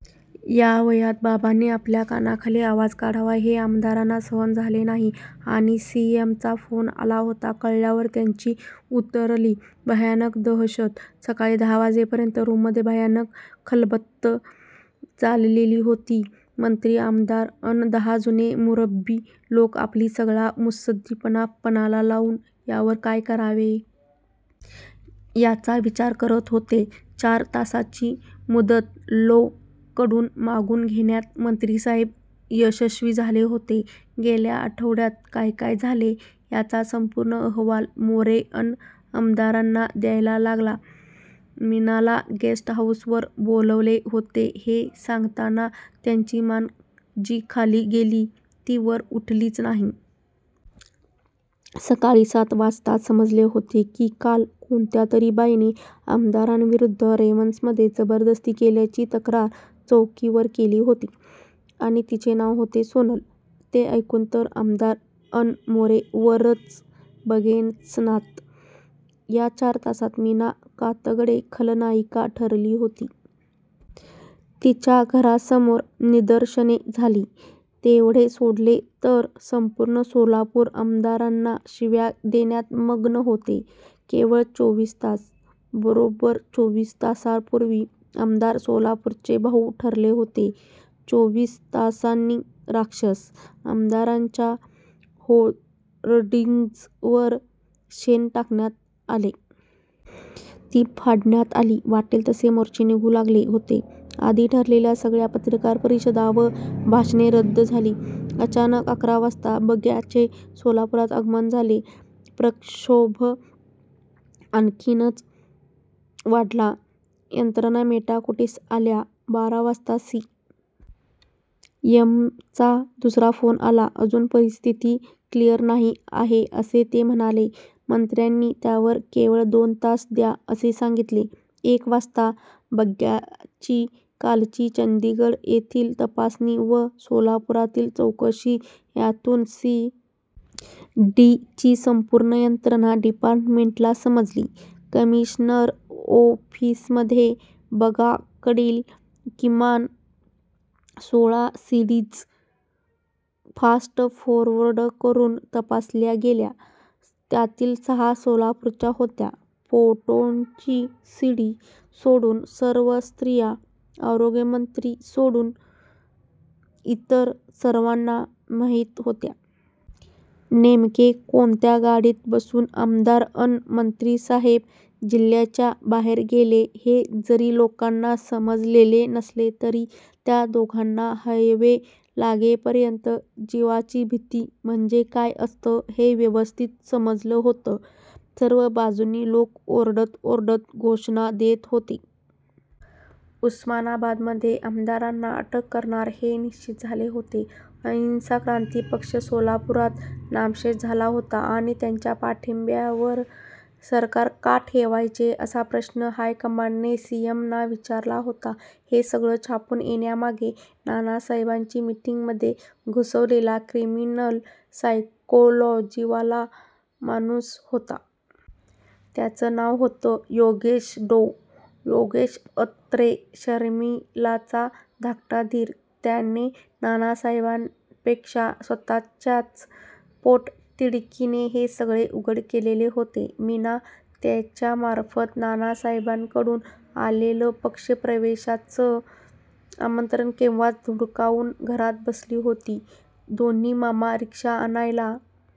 या वयात बाबांनी आपल्या कानाखाली आवाज काढावा हे आमदारांना सहन झाले नाही. आणि सी. एम. चा फ़ोन आला होता. कळल्यावर त्यांची उतरली. भयानक दहशत! सकाळी दहा वाजेपर्यंत रूममधे भयानक खलबंतं चाललेली होती. मंत्री, आमदार अन दहा जुने मुरब्बी लोक आपली सगळा मुत्सद्दीपणा पणाला लावून यावर काय करावे. याचा विचार करत होते. चार तासाची मुदत लॊ कडून मागून घेण्यात मंत्रीसाहेब यशस्वी झाले होते. गेल्या आठवड्यात काय काय झाले. याचा संपूर्ण अहवाल मोरे अन आमदारांना द्यायला लागला. मीनाला गेस्ट हाऊसवर बोलवले होते हे सांगताना त्यांची मान जी खाली गेली, ती वर उठलीच नाही. सकाळी सात वाजताच समजले होते. की काल कोणत्यातरी बाईने आमदारांविरुद्ध रेव्हन्समधे जबरदस्ती केल्याची तक्रार चौकीवर केली होती. आणि तिचे नाव होते सोनल! ते ऐकून तर आमदार अन मोरे वरच बघेचनात! या चार तासात मीना कातगडे खलनायिका ठरली होती. तिच्या घरासमोर निदर्शने झाली. तेवढे सोडले तर संपूर्ण सोलापूर आमदारांना शिव्या देण्यात मग्न होते. केवळ चोवीस तास! बरोब्बर चोवीस तासांपुर्वी आमदार 'सोलापूरचे भाऊ' ठरले होते. चोवीस तासांनी राक्षस! आमदारांच्या होर्डिंग्जवर शेण टाकण्यात आले. ती फ़ाडण्यात आली. वाट्टेल तसे मोर्चे निघू लागले होते. आधी ठरलेल्या सगळ्या पत्रकार परिषदा व भाषणे रद्द झाली. अचानक अकरा वाजता बग्गाचे सोलापुरात आगमन झाले. प्रक्षोभ आणखीनच वाढला. यंत्रणा मेटाकुटीस आल्या. बारा वाजता सी. एम. चा दुसरा फ़ोन आला. अजून परिस्थिती क्लीअर नाही आहे असे ते म्हणाले. मंत्र्यांनी त्यावर 'केवळ दोन तास द्या' असे सांगीतले. एक वाजता बग्गाची कालची चंदीगड येथील तपासणी व सोलापुरातील चौकशी यातून सी. डी. ची संपूर्ण यंत्रणा डिपार्टमेंटला समजली. कमिशनर ऒफ़ीसमधे बग्गाकडील किमान सोळा C. Ds fast forward करून तपासल्या गेल्या. त्यातील सहा सोलापूरच्या होत्या. फ़ोटोंची सी. डी. सोडून सर्व स्त्रिया आरोग्यमंत्री सोडून इतर सर्वांना माहीत होत्या. नेमके कोणत्या गाडीत बसून आमदार अन मंत्रीसाहेब जिल्ह्याच्या बाहेर गेले हे जरी लोकांना समजलेले नसले तरी त्या दोघांना हायवे लागेपर्यंत 'जीवाची भीती' म्हणजे काय असतं ते व्यवस्थित समजलं होतं! सर्व बाजूंनी लोक ओरडत-ओरडत घोषणा देत होते. उस्मानाबादमधे आमदारांना अटक करणार हे निश्चीत झाले होते. अहिंसा क्रान्ती पक्ष सोलापुरात नामशेष झाला होता. आणि 'त्यांच्या पाठिंब्यावर सरकार का ठेवायचे' असा प्रश्न हायकमांडने सी. एम. ना विचारला होता. हे सगळं छापून येण्यामागे नानासाहेबांनी मीटिंगमधे घुसवलेला क्रिमिनल सायकॊलॊजीवाला माणूस होता. त्याच नाव होतं. योगेश.डॊ. योगेश अत्रे, शर्मिलाचा धाकटा दीर, त्याने नानासाहेबांपेक्षा स्वत:च्याच पोटतिडकीने हे सगळे उघड केलेले होते. मीना त्याच्यामार्फ़त नानासाहेबांकडून आलेलं पक्षप्रवेशाचं आमंत्रण केव्हाच धुडकावून घरात बसली होती. दोन्ही मामा रिक्षा आणायला--